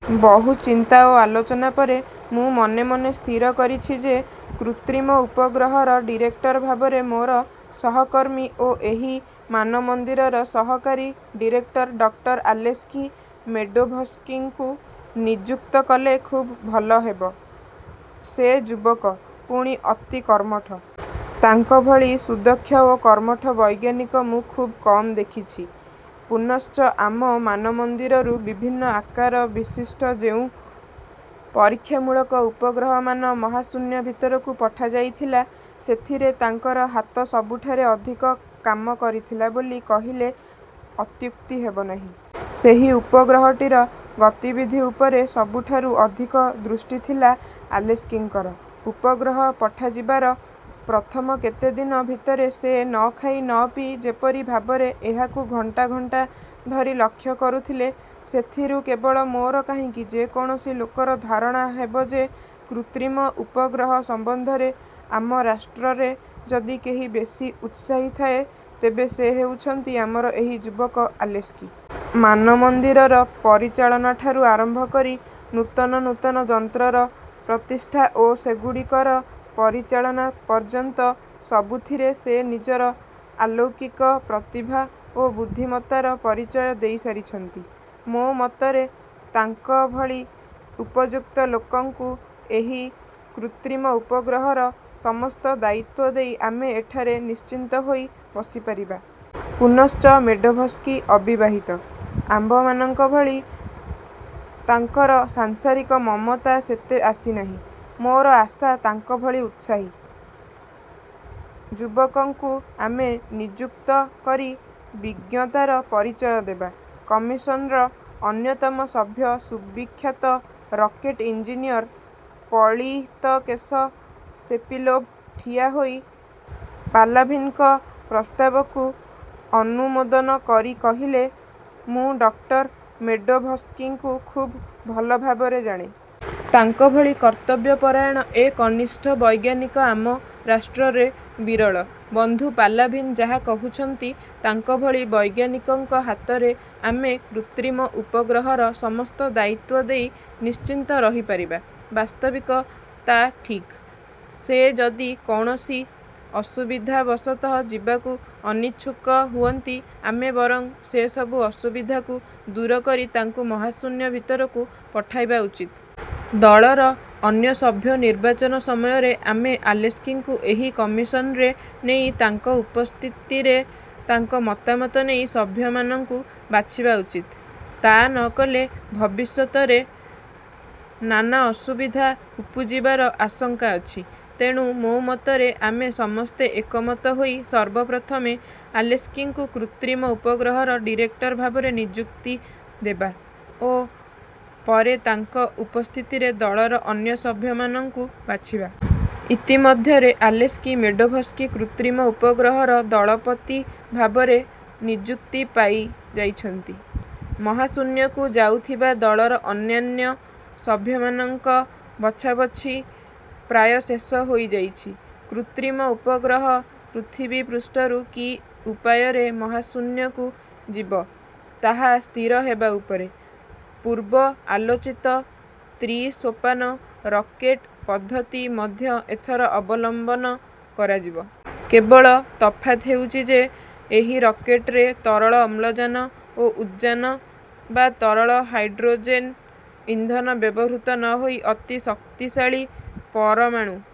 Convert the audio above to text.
ବହୁ ଚିନ୍ତା ଓ ଆଲୋଚନା ପରେ ମୁଁ ମନେ ମନେ ସ୍ଥିର କରିଛି ଯେ, କୃତ୍ରିମ ଉପଗ୍ରହର ଡିରେକ୍ଟର ଭାବରେ ମୋର ସହକର୍ମୀ ଓ ଏହି ମାନମନ୍ଦିରର ସହକାରୀ ଡିରେକ୍ଟର ଡକ୍ଟର ଆଲେସ୍କି ମେଡ଼ୋଭସ୍କିଙ୍କୁ ନିଯୁକ୍ତ କଲେ ଖୁବ୍ ଭଲ ହେବ। ସେ ଯୁବକ, ପୁଣି ଅତି କର୍ମଠ। ତାଙ୍କ ଭଳି ସୁଦକ୍ଷ ଓ କର୍ମଠ ବୈଜ୍ଞାନିକ ମୁଁ ଖୁବ୍ କମ୍ ଦେଖିଛି। ପୁନଶ୍ଚ ଆମ ମାନମନ୍ଦିରରୁ ବିଭିନ୍ନ ଆକାରବିଶିଷ୍ଟ ଯେଉଁ ପରୀକ୍ଷାମୂଳକ ଉପଗ୍ରହମାନ ମହାଶୂନ୍ୟ ଭିତରକୁ ପଠାଯାଇଥିଲା, ସେଥିରେ ତାଙ୍କର ହାତ ସବୁଠାରୁ ଅଧିକ କାମ କରିଥିଲା ବୋଲି କହିଲେ ଅତ୍ୟୁକ୍ତି ହେବ ନାହିଁ। ସେହି ଉପଗ୍ରହଟିର ଗତିବିଧି ଉପରେ ସବୁଠାରୁ ଅଧିକ ଦୃଷ୍ଟି ଥିଲା ଆଲେସ୍କିଙ୍କର। ଉପଗ୍ରହ ପଠାଯିବାର ପ୍ରଥମ କେତେଦିନ ଭିତରେ ସେ ନଖାଇ ନପିଇ ଯେପରି ଭାବରେ ଏହାକୁ ଘଣ୍ଟା ଘଣ୍ଟା ଧରି ଲକ୍ଷ୍ୟ କରୁଥିଲେ, ସେଥିରୁ କେବଳ ମୋର କାହିଁକି ଯେକୌଣସି ଲୋକର ଧାରଣା ହେବ ଯେ, କୃତ୍ରିମ ଉପଗ୍ରହ ସମ୍ୱନ୍ଧରେ ଆମ ରାଷ୍ଟ୍ରରେ ଯଦି କେହି ବେଶି ଉତ୍ସାହୀ ଥାଏ, ତେବେ ସେ ହେଉଛନ୍ତି ଆମର ଏହି ଯୁବକ ଆଲେସ୍କି। ମାନମନ୍ଦିରର ପରିଚାଳନାଠାରୁ ଆରମ୍ଭ କରି ନୂତନ ନୂତନ ଯନ୍ତ୍ରର ପ୍ରତିଷ୍ଠା ଓ ସେଗୁଡ଼ିକର ପରିଚାଳନା ପର୍ଯ୍ୟନ୍ତ ସବୁଥିରେ ସେ ନିଜର ଆଲୌକିକ ପ୍ରତିଭା ଓ ବୁଦ୍ଧିମତ୍ତାର ପରିଚୟ ଦେଇସାରିଛନ୍ତି। ମୋ ମତରେ ତାଙ୍କ ଭଳି ଉପଯୁକ୍ତ ଲୋକଙ୍କୁ ଏହି କୃତ୍ରିମ ଉପଗ୍ରହର ସମସ୍ତ ଦାୟିତ୍ୱ ଦେଇ ଆମେ ଏଠାରେ ନିଶ୍ଚିନ୍ତହୋଇ ବସିପାରିବା। ପୁନଶ୍ଚ ମେଡ଼ୋଭସ୍କି ଅବିବାହିତ। ଆମ୍ଭମାନଙ୍କ ଭଳି ତାଙ୍କର ସାଂସାରିକ ମମତା ସେତେ ଆସିନାହିଁ। ମୋର ଆଶା, ତାଙ୍କଭଳି ଉତ୍ସାହୀ। ଯୁବକଙ୍କୁ ଆମେ ନିଯୁକ୍ତ କରି ବିଜ୍ଞତାର ପରିଚୟ ଦେବା। '' କମିଶନ୍ର ଅନ୍ୟତମ ସଭ୍ୟ ସୁବିଖ୍ୟାତ ରକେଟ୍ ଇଞ୍ଜିନିୟର ପଳିତକେଶ ସେପିଲୋଭ୍ ଠିଆହୋଇ ପାଲାଭିନ୍ଙ୍କ ପ୍ରସ୍ତାବକୁ ଅନୁମୋଦନ କରି କହିଲେ, ''ମୁଁ ଡକ୍ଟର ମେଡ଼ୋଭସ୍କିଙ୍କୁ ଖୁବ୍ ଭଲଭାବରେ ଜାଣେ। ତାଙ୍କଭଳି କର୍ତ୍ତବ୍ୟପରାୟଣ, ଏ କନିଷ୍ଠ ବୈଜ୍ଞାନିକ ଆମ ରାଷ୍ଟ୍ରରେ ବିରଳ। ବନ୍ଧୁ ପାଲାଭିନ୍ ଯାହା କହୁଛନ୍ତି ତାଙ୍କ ଭଳି ବୈଜ୍ଞାନିକଙ୍କ ହାତରେ ଆମେ କୃତ୍ରିମ ଉପଗ୍ରହର ସମସ୍ତ ଦାୟିତ୍ୱ ଦେଇ ନିଶ୍ଚିନ୍ତ ରହିପାରିବା; ବାସ୍ତବିକ ତା ଠିକ୍। ସେ ଯଦି କୌଣସି ଅସୁବିଧାବଶତଃ ଯିବାକୁ ଅନିଚ୍ଛୁକ ହୁଅନ୍ତି, ଆମେ ବରଂ ସେ ସବୁ ଅସୁବିଧାକୁ ଦୂରକରି ତାଙ୍କୁ ମହାଶୂନ୍ୟ ଭିତରକୁ ପଠାଇବା ଉଚିତ। ଦଳର ଅନ୍ୟ ସଭ୍ୟ ନିର୍ବାଚନ ସମୟରେ ଆମେ ଆଲେସ୍କିଙ୍କୁ ଏହି କମିଶନ୍ରେ ନେଇ ତାଙ୍କ ଉପସ୍ଥିତିରେ ତାଙ୍କ ମତାମତ ନେଇ ସଭ୍ୟମାନଙ୍କୁ ବାଛିବା ଉଚିତ। ତା ନକଲେ ଭବିଷ୍ୟତରେ ନାନା ଅସୁବିଧା ଉପୁଜିବାର ଆଶଙ୍କା ଅଛି। ତେଣୁ ମୋ ମତରେ, ଆମେ ସମସ୍ତେ ଏକମତ ହୋଇ ସର୍ବପ୍ରଥମେ ଆଲେସ୍କିଙ୍କୁ କୃତ୍ରିମ ଉପଗ୍ରହର ଡିରେକ୍ଟର ଭାବରେ ନିଯୁକ୍ତି ଦେବା ଓ ପରେ ତାଙ୍କ ଉପସ୍ଥିତିରେ ଦଳର ଅନ୍ୟ ସଭ୍ୟମାନଙ୍କୁ ବାଛିବା। ଇତିମଧ୍ୟରେ ଆଲେସ୍କି ମେଡ଼ୋଭସ୍କି କୃତ୍ରିମ ଉପଗ୍ରହର ଦଳପତି ଭାବରେ ନିଯୁକ୍ତି ପାଇଯାଇଛନ୍ତି। ମହାଶୂନ୍ୟକୁ ଯାଉଥିବା ଦଳର ଅନ୍ୟାନ୍ୟ ସଭ୍ୟମାନଙ୍କ ବଛାବଛି ପ୍ରାୟ ଶେଷ ହୋଇଯାଇଛି। କୃତ୍ରିମ ଉପଗ୍ରହ ପୃଥିବୀପୃଷ୍ଠରୁ କି ଉପାୟରେ ମହାଶୂନ୍ୟକୁ ଯିବ, ତାହା ସ୍ଥିର ହେବା ଉପରେ। ପୂର୍ବ ଆଲୋଚିତ ତ୍ରି-ସୋପାନ ରକେଟ୍ ପଦ୍ଧତି ମଧ୍ୟ ଏଥର ଅବଲମ୍ୱନ କରାଯିବ। କେବଳ ତଫାତ୍ ହେଉଛି ଯେ, ଏହି ରକେଟ୍ରେ ତରଳ ଅମ୍ଳଜାନ ଓ ଉଦ୍ଜାନ ବା ତରଳ ହାଇଡ଼୍ରୋଜେନ୍ ଇନ୍ଧନ ବ୍ୟବହୃତ ନ ହୋଇ ଅତି ଶକ୍ତିଶାଳୀ ପରମାଣୁ